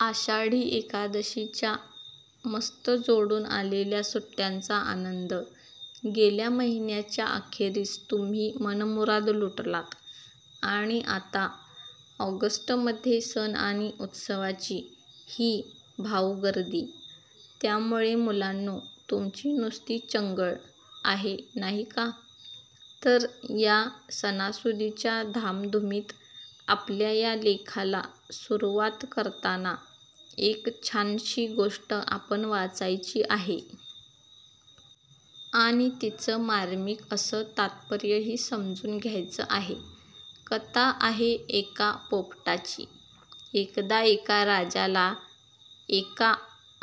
आषाढी एकादशीच्या मस्त जोडून आलेल्या सुट्ट्यांचा आनंद गेल्या महिन्याच्या अखेरीस तुम्ही मनमुराद लुटलात आणि आता ऑगस्टमध्ये सण आणि उत्सवांची हीऽऽ भाऊगर्दी! त्यामुळे मुलांनो, तुमची नुसती चंगळ आहे नाही का? तर या सणासुदीच्या धामधुमीत आपल्या या लेखाला सुरुवात करताना एक छानशी गोष्ट आपण वाचायची आहे. आणि तिचं मार्मिक असं तात्पर्यही समजून घ्यायचं आहे. कथा आहे एका पोपटाची. एकदा एका राजाला, एका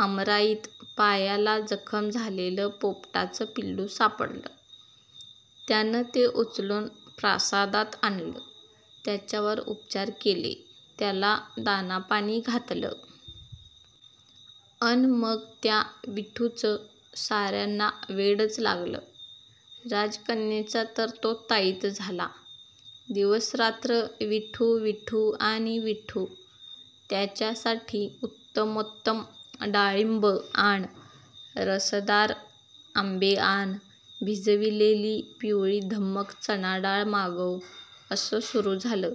आमराईत पायाला जखम झालेलं पोपटाचं पिल्लू सापडलं. त्यानं ते उचलून प्रासादात आणलं. त्याच्यावर उपचार केले. त्याला दाणापाणी घातलं. अन् मग त्या विठूचं साऱ्यांना वेडच लागलं. राजकन्येचा तर तो ताईत झाला. दिवसरात्र विठू, विठू आणि विठू. त्याच्यासाठी उत्तमोत्तम डाळिंबं आण, रसदार आंबे आण, भिजविलेली पिवळीधम्मक चणाडाळ मागव; असं सुरू झालं.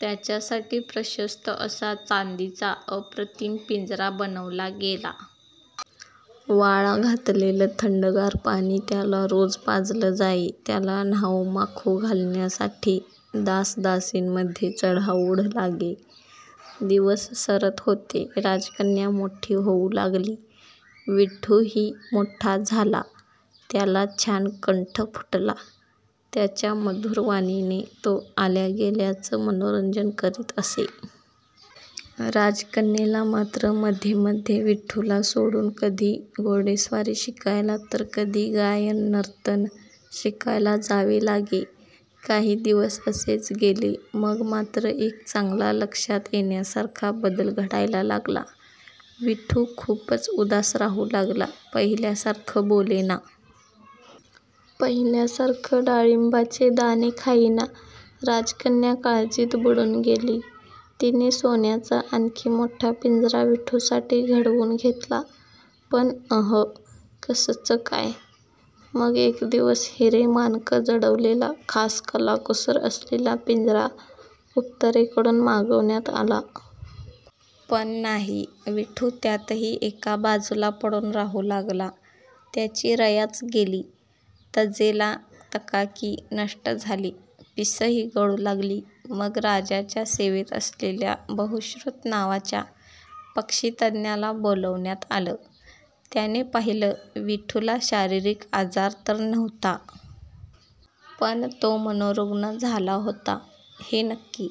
त्याच्यासाठी प्रशस्त असा चांदीचा अप्रतिम पिंजरा बनवला गेला. वाळा घातलेलं थंडगार पाणी त्याला रोज पाजलं जाई. त्याला न्हाऊमाखू घालण्यासाठी दासदासींमध्ये चढाओढ लागे. दिवस सरत होते. राजकन्या मोठी होऊ लागली. विठूही मोठा झाला. त्याला छान कंठ फुटला. त्याच्या मधुर वाणीने तो आल्यागेल्याचं मनोरंजन करीत असे. राजकन्येला मात्र मध्येमध्ये विठूला सोडून कधी घोडेस्वारी शिकायला तर कधी गायन-नर्तन शिकायला जावे लागे. काही दिवस असेच गेले. मग मात्र एक चांगला लक्षात येण्यासारखा बदल घडायला लागला. विठू खूपच उदास राहू लागला. पहिल्यासारखं बोलेना. पहिल्यासारखं डाळिंबाचे दाणे खाईना. राजकन्या काळजीत बुडून गेली. तिने सोन्याचा आणखी मोठा पिंजरा विठूसाठी घडवून घेतला. पण अं हं! कसचं काय! मग एक दिवस हिरे-माणकं जडवलेला, खास कलाकुसर असलेला पिंजरा उत्तरेकडून मागवण्यात आला. पण नाही, विठू त्यातही एका बाजूला पडून राहू लागला. त्याची रयाच गेली. तजेला, तकाकी नष्ट झाली. पिसंही गळू लागली. मग राजाच्या सेवेत असलेल्या बहुश्रुत नावाच्या पक्षितज्ज्ञाला बोलावण्यात आलं. त्याने पाहिलं. विठूला शारीरिक आजार तर नव्हता. पण तो मनोरुग्ण झाला होता, हे नक्की.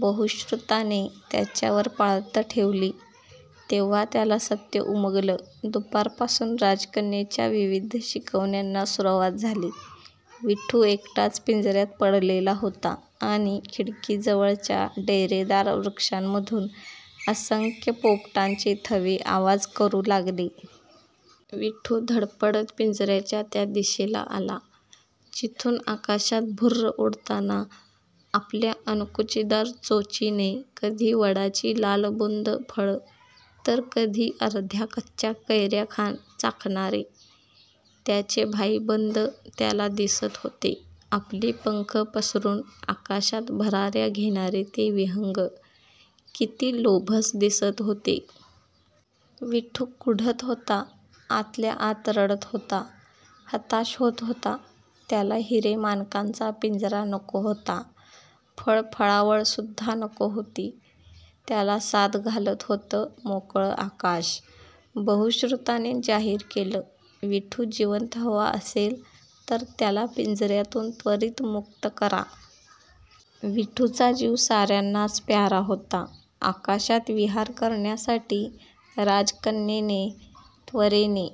बहुश्रुताने त्याच्यावर पाळत ठेवली. तेव्हा त्याला सत्य उमगलं. दुपारपासून राजकन्येच्या विविध शिकवण्यांना सुरुवात झाली. विठू एकटाच पिंजऱ्यात पडलेला होता आणि खिडकीजवळच्या डेरेदार वृक्षांमधून असंख्य पोपटांचे थवे आवाज करू लागले. विठू धडपडत पिंजऱ्याच्या त्या दिशेला आला, जिथून आकाशात भुर्र उडताना आपल्या अणकुचीदार चोचीने कधी वडाची लालबुंद फळं, तर कधी अर्ध्याकच्च्या कैऱ्या चाखणारे त्याचे भाईबंद त्याला दिसत होते. आपले पंख पसरून आकाशात भराऱ्या घेणारे ते विहंग किती लोभस दिसत होते! विठू कुढत होता. आतल्या आत रडत होता. हताश होत होता. त्याला हिरे-माणकांचा पिंजरा नको होता. फळफळावळसुद्धा नको होती. त्याला साद घालत होतं मोकळं आकाश. बहुश्रुताने जाहीर केलं, विठू जिवंत हवा असेल, तर त्याला पिंजऱ्यातून त्वरित मुक्त करा. विठूचा जीव साऱ्यांनाच प्यारा होता. आकाशात विहार करण्यासाठी राजकन्येने त्वरेने